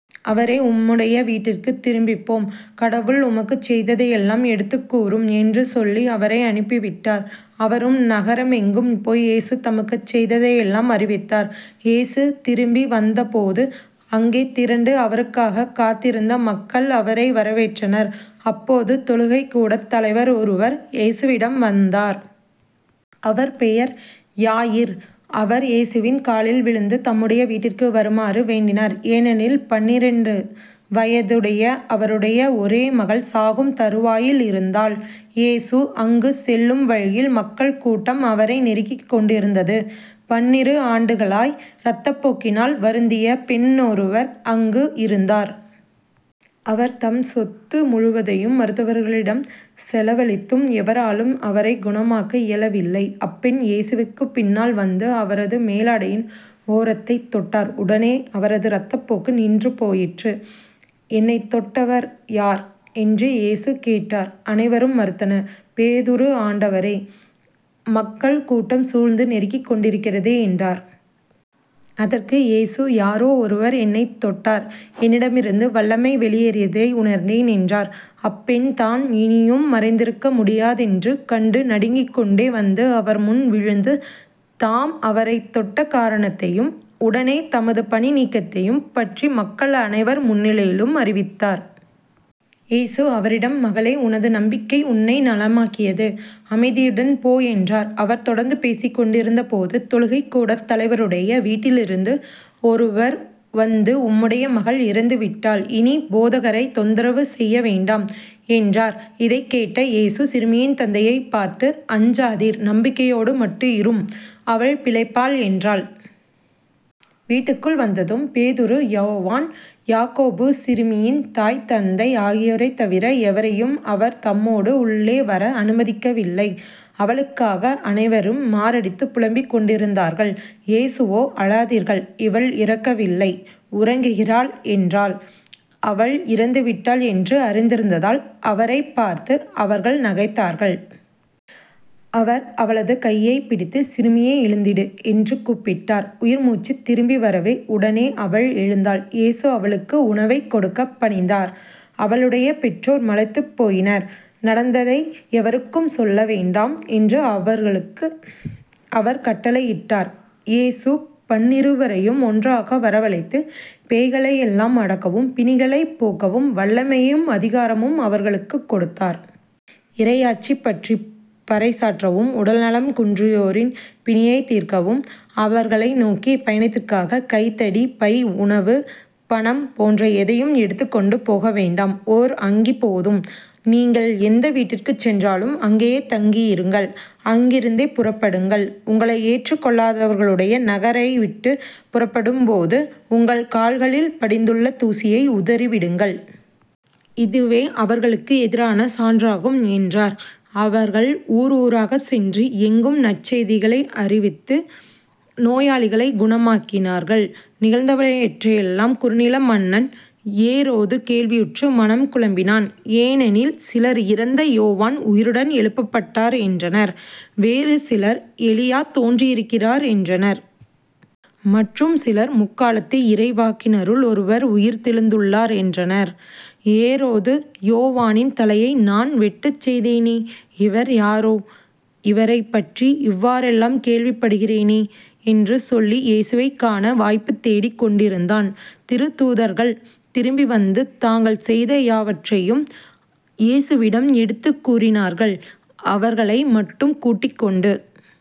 அவரோ உம்முடைய வீட்டிற்குத் திரும்பிப்போம். கடவுள் உமக்குச் செய்ததையெல்லாம் எடுத்துக்கூறும் என்று சொல்லி அவரை அனுப்பிவிட்டார். அவரும் நகரெங்கும் போய் இயேசு தமக்குச் செய்ததையெல்லாம் அறிவித்தார். இயேசு திரும்பி வந்தபோது அங்கே திரண்டு அவருக்காகக் காத்திருந்த மக்கள் அவரை வரவேற்றனர். அப்போது தொழுகைக்கூடத் தலைவர் ஒருவர் இயேசுவிடம் வந்தார். அவர் பெயர் யாயிர். அவர் இயேசுவின் காலில் விழுந்து தம்முடைய வீட்டிற்கு வருமாறு வேண்டினார். ஏனெனில் பன்னிரண்டு வயதுடைய அவருடைய ஒரே மகள் சாகும் தறுவாயிலிருந்தாள். இயேசு அங்குச் செல்லும் வழியில் மக்கள் கூட்டம் அவரை நெருக்கிக் கொண்டிருந்தது. பன்னிரு ஆண்டுகளாய் இரத்தப்போக்கினால் வருந்திய பெண் ஒருவர் அங்கு இருந்தார். அவர் தம் சொத்து முழுவதையும் மருத்துவர்களிடம் செலவழித்தும் எவராலும் அவரைக் குணமாக்க இயலவில்லை. அப்பெண் இயேசுவுக்குப் பின்னால் வந்து அவரது மேலுடையின் ஓரத்தைத் தொட்டார். உடனே அவரது இரத்தப்போக்கு நின்று போயிற்று. என்னைத் தொட்டவர் யார்? என்று இயேசு கேட்டார். அனைவரும் மறுத்தனர். பேதுரு ஆண்டவரே மக்கள் கூட்டம் சூழ்ந்து நெருக்கிக்கொண்டிருக்கிறதே என்றார். அதற்கு இயேசு யாரோ ஒருவர் என்னைத் தொட்டார் என்னிடமிருந்து வல்லமை வெளியேறியதை உணர்ந்தேன் என்றார். அப்பெண்தாம் இனியும் மறைந்திருக்க முடியாதென்று கண்டு நடுங்கிக்கொண்டே வந்து அவர்முன் விழுந்து தாம் அவரைத் தொட்ட காரணத்தையும் உடனே தமது பிணி நீங்கியதையும் பற்றி மக்கள் அனைவர் முன்னிலையிலும் அறிவித்தார். இயேசு அவரிடம் மகளே உனது நம்பிக்கை உன்னை நலமாக்கியது. அமைதியுடன் போ என்றார். அவர் தொடர்ந்து பேசிக் கொண்டிருந்தபோது தொழுகைக் கூடத் தலைவருடைய வீட்டிலிருந்து ஒருவர் வந்து உம்முடைய மகள் இறந்துவிட்டாள். இனி போதகரைத் தொந்தரவு செய்ய வேண்டாம் என்றார். இதைக் கேட்ட இயேசு சிறுமியின் தந்தையைப் பார்த்து அஞ்சாதீர் நம்பிக்கையோடு மட்டும் இரும் அவள் பிழைப்பாள் என்றாள். வீட்டுக்குள் வந்ததும் பேதுரு யோவான் யாக்கோபு சிறுமியின் தாய் தந்தை ஆகியோரைத் தவிர எவரையும் அவர் தம்மோடு உள்ளே வர அனுமதிக்கவில்லை. அவளுக்காக அனைவரும் மாரடித்துப் புலம்பி அழுதுகொண்டிருந்தார்கள். இயேசுவோ அழாதீர்கள் இவள் இறக்கவில்லை உறங்குகிறாள் என்றாள். அவள் இறந்துவிட்டாள் என்று அறிந்திருந்ததால் அவரைப் பார்த்து அவர்கள் நகைத்தார்கள். அவர் அவளது கையைப் பிடித்து சிறுமியே எழுந்திடு. என்று கூப்பிட்டார். உயிர் முச்சுத் திரும்பி வரவே உடனே அவள் எழுந்தாள் இயேசு அவளுக்கு உணவு கொடுக்கப் பணித்தார். அவளுடைய பெற்றோர் மலைத்துப் போயினர். நடந்ததை எவருக்கும் சொல்லவேண்டாம் என்று அவர்களுக்கு அவர் கட்டளையிட்டார். இயேசு பன்னிருவரையும் ஒன்றாக வரவழைத்து பேய்களையெல்லாம் அடக்கவும் பிணிகளைப் போக்கவும் வல்லமையும் அதிகாரமும் அவர்களுக்குக் கொடுத்தார். இறையாட்சிபற்றிப் பறைசாற்றவும் உடல் நலம் குன்றியோரின் பிணியைதீர்க்கவும் அவர்களை நோக்கி பயணத்திற்குக் கைத்தடி பை உணவு பணம் போன்ற எதையும் எடுத்துக்கொண்டு போக வேண்டாம். ஓர் அங்கி போதும். நீங்கள் எந்த வீட்டுக்குள் சென்றாலும் அங்கேயே தங்கியிருங்கள். அங்கிருந்தே புறப்படுங்கள். உங்களை ஏற்றுக் கொள்ளாதவர்களுடைய நகரைவிட்டுப் புறப்படும்போது உங்கள் கால்களில் படிந்துள்ள தூசியை உதறிவிடுங்கள். இதுவே அவர்களுக்கு எதிரான சான்றாகும் என்றார். அவர்கள் ஊர் ஊராகச் சென்று எங்கும் நற்செய்திகளை அறிவித்து நோயாளிகளைக் குணமாக்கினார்கள். நிகழ்ந்தவற்றையெல்லாம் குறுநில மன்னன் ஏரோது கேள்வியுற்று மனம் குழம்பினான். ஏனெனில் சிலர் இறந்த யோவான் உயிருடன் எழுப்பப்பட்டார் என்றனர். வேறு சிலர் எலியா தோன்றியிருக்கிறார் என்றனர். மற்றும் சிலர் முற்காலத்து இறைவாக்கினருள் ஒருவர் உயிர்த்தெழுந்துள்ளார் என்றனர். ஏரோது யோவானின் தலையை நான் வெட்டச் செய்தேனே. இவர் யாரோ? இவரைப் பற்றி இவ்வாறெல்லாம் கேள்விப்படுகிறேனே. என்று சொல்லி இயேசுவைக் காண வாய்ப்புத் தேடிக் கொண்டிருந்தான். திருத்தூதர்கள் திரும்பி வந்து. தாங்கள் செய்த யாவற்றையும் இயேசுவிடம் எடுத்துக் கூறினார்கள். அவர்களை மட்டும் கூட்டிக்கொண்டு